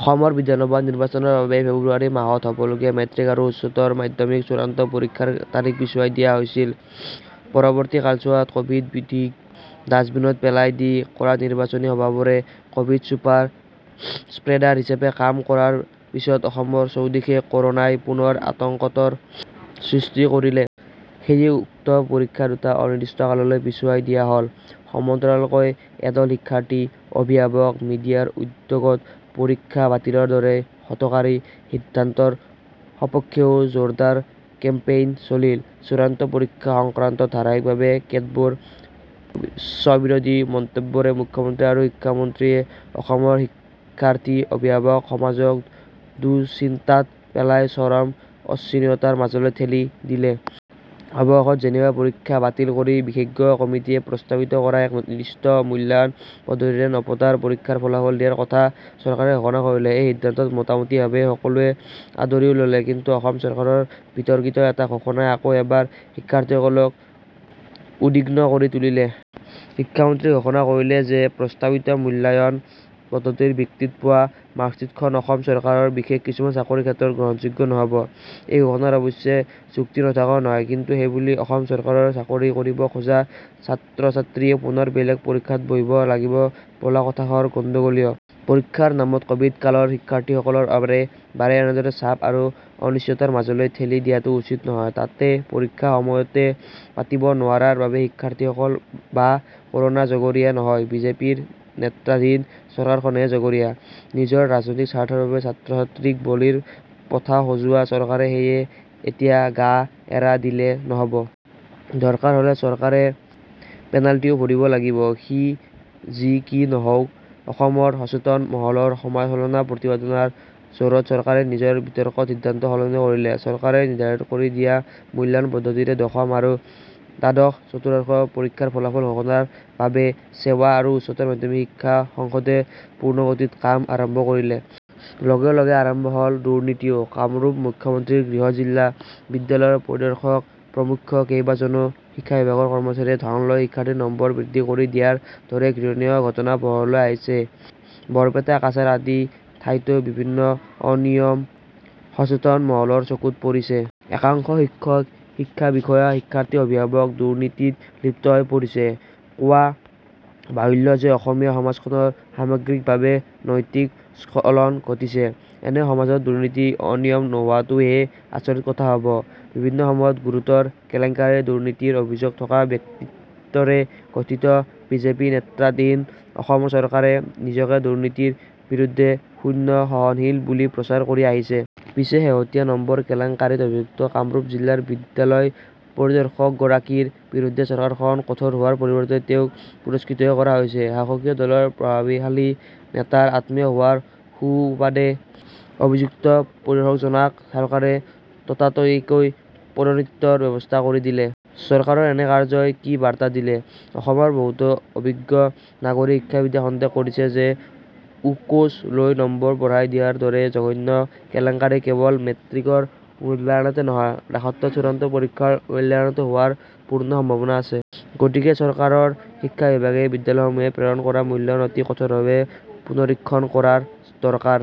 অসমৰ বিধানসভা নিৰ্বাচনৰ বাবেই ফেব্ৰুৱাৰী মাহত হ'বলগীয়া মেট্ৰিক আৰু উচ্চতৰ মাধ্যমিক চূড়ান্ত পৰীক্ষাৰ তাৰিখ পিছুৱাই দিয়া হৈছিল। পৰৱৰ্তী কালছোৱাত কভিড বিধিক ডাষ্টবিনত পেলাই দি কৰা নিৰ্বাচনী সভাবোৰে কভিড চুপাৰ স্প্ৰেদাৰ হিচাপে কাম কৰাৰ পিছত অসমৰ চৌদিশে কৰোনাই পুনৰ আতংকতৰ সৃষ্টি কৰিলে। সেয়ে উক্ত পৰীক্ষা দুটা অনিৰ্দিষ্ট কাললৈ পিছুৱাই দিয়া হ'ল। সমান্তৰালকৈ এদল শিক্ষাৰ্থী, অভিভাৱক, মিডিয়াৰ উদ্যোগত পৰীক্ষা বাতিলৰ দৰে হঠকাৰী সিদ্ধান্তৰ সপক্ষেও জোৰদাৰ কেম্পেইন চলিল। চূড়ান্ত পৰীক্ষা সংক্ৰান্তত ধাৰাবাহিকভাৱে কেতবোৰ স্ববিৰোধী মন্তব্যৰে মুখ্যমন্ত্ৰী আৰু শিক্ষামন্ত্ৰীয়ে অসমৰ শিক্ষাৰ্থী অভিভাৱক সমাজক দুশ্চিন্তাত পেলাই চৰম অচিয়তাৰ মাজলৈ ঠেলি দিলে। অৱশেষত যেনিবা পৰীক্ষা বাতিল কৰি বিশেজ্ঞ কমিটিয়ে প্ৰস্তাৱিত কৰা এক নিৰ্দিষ্ট মূল্যায়ন পদ্ধতিৰে নপতা পৰীক্ষাৰ ফলাফল দিয়াৰ কথা চৰকাৰে ঘোষণা কৰিলে। এই সিদ্ধান্ত মোটামুটিভাৱে সকলোৱে আদৰিও ললে। কিন্তু অসম চৰকাৰৰ বিতৰ্কিত এটা ঘোষণাই আকৌ এবাৰ শিক্ষাৰ্থীসকলক উদ্বিগ্ন কৰি তুলিলে। শিক্ষামন্ত্ৰীয়ে ঘোষণা কৰিলে যে প্ৰস্তাৱিত মূল্যায়ন পদ্ধতিৰ ভিত্তিত পোৱা মাৰ্কছীটখন অসম চৰকাৰৰ বিশেষ কিছুমান চাকৰিৰ ক্ষেত্ৰত গ্ৰহণযোগ্য নহ'ব। এই ঘোষণাৰ অৱশ্যে যুক্তি নথকাও নহয়। কিন্তু সেইবুলি অসম চৰকাৰৰ চাকৰি কৰিব খোজা ছাত্ৰছাত্ৰীয়ে পুনৰ বেলেগে পৰীক্ষাত বহিব লাগিব বোলা কথাষাৰ গণ্ডগোলীয়। পৰীক্ষাৰ নামত কভিড কালৰ শিক্ষাৰ্থীসকলৰ অবৰে বাৰে এনেদৰে চাপ আৰু অনিশ্চয়তাৰ মাজলৈ ঠেলি দিয়াটো উচিত নহয়। তাতে পৰীক্ষা সময়তে পাতিব নোৱাৰাৰ বাবে শিক্ষাৰ্থীসকল বা কৰোনা জগৰীয়া নহয়, বিজেপিৰ নেত্বাধীন চৰকাৰখনহে জগৰীয়া। নিজৰ ৰাজনৈতিক স্বাৰ্থৰ বাবে ছাত্ৰছাত্ৰীক বলিৰ পঠা সজোৱা চৰকাৰে সেয়ে এতিয়া গা এৰা দিলে নহ'ব। দৰকাৰ হ'লে চৰকাৰে পেনাল্টিও ভৰিব লাগিব। সি যি কি নহওক, অসমৰ সচেতন মহলৰ সমালোচনা-প্ৰতিবাদনাৰ জোৰত চৰকাৰে নিজৰ বিতৰ্কত সিদ্ধান্তটো সলনি কৰিলে। চৰকাৰে নিৰ্ধাৰণ কৰি দিয়া মূল্যায়ন পদ্ধতিৰে দশম আৰু দ্বাদশ চতুৰশ পৰীক্ষাৰ ফলাফল ঘোষণাৰ বাবে ছেবা আৰু উচ্চতৰ মাধ্যমিক শিক্ষা সংসদে পূৰ্ণগতিত কাম আৰম্ভ কৰিলে। লগে লগে আৰম্ভ হ'ল দুৰ্নীতিও। কামৰূপ মুখ্যমন্ত্ৰীৰ গৃহ জিলা। বিদ্যালয় পৰিদৰ্শক প্ৰমুখ্য কেইবাজনো শিক্ষাবিভাগৰ কৰ্মচাৰীয়ে ধন লৈ শিক্ষাৰ্থীৰ নম্বৰ বৃদ্ধি কৰি দিয়াৰ দৰে ঘৃণনীয় ঘটনা পোহৰলৈ আহিছে। বৰপেটা, কাছাৰ আদি ঠাইতো বিভিন্ন অনিয়ম সচেতন মহলৰ চকুত পৰিছে। একাংশ শিক্ষক, শিক্ষা বিষয়া, শিক্ষাৰ্থী, অভিভাৱক দুৰ্নীতিত লিপ্ত হৈ পৰিছে। কোৱা বাহুল্য যে অসমীয়া সমাজখনৰ সামগ্ৰিকভাৱে নৈতিক স্খলন ঘটিছে। এনে সমাজত দুৰ্নীতি-অনিয়ম নোহোৱাটোহে আচৰিত কথা হ'ব। বিভিন্ন সময়ত গুৰুতৰ কেলেংকাৰী-দুৰ্নীতিৰ অভিযোগ থকা ব্যক্তিতৰে গঠিত বিজেপি নেতৃত্বাধীন অসম চৰকাৰে নিজকে দুৰ্নীতিৰ বিৰুদ্ধে শূন্য সহনশীল বুলি প্ৰচাৰ কৰি আহিছে। পিছে শেহতীয়া নম্বৰ কেলেংকাৰীত অভিযুক্ত কামৰূপ জিলাৰ বিদ্যালয় পৰিদৰ্শকগৰাকীৰ বিৰুদ্ধে চৰকাৰখন কঠোৰ হোৱাৰ পৰিৱৰ্তে তেওঁক পুৰস্কৃতহে কৰা হৈছে। শাসকীয় দলৰ প্ৰভাৱশালী নেতাৰ আত্মীয় হোৱাৰ সুবাদে অভিযুক্ত পৰিদৰ্শকজনাক চৰকাৰে ততাতৈয়াকৈ পদোতিতৰ ব্যৱস্থা কৰি দিলে। চৰকাৰৰ এনে কাৰ্যই কি বাৰ্তা দিলে? অসমৰ বহুতো অভিজ্ঞ নাগৰিক শিক্ষাবিদে সন্দেহ কৰিছে যে উকোচ লৈ নম্বৰ বঢ়াই দিয়াৰ দৰে জঘন্য কেলেংকাৰি কেৱল মেট্ৰিকৰ মূল্যায়নতে নহয়, দ্বাদশ চূড়ান্ত পৰীক্ষাৰ মূল্যায়নতো হোৱাৰ পূৰ্ণ সম্ভাৱনা আছে। গতিকে চৰকাৰৰ শিক্ষা বিভাগে বিদ্যালয়সমূহে প্ৰেৰণ কৰা মূল্যায়ন অতি কঠোৰভাৱে পুনৰীক্ষণ কৰাৰ দৰকাৰ।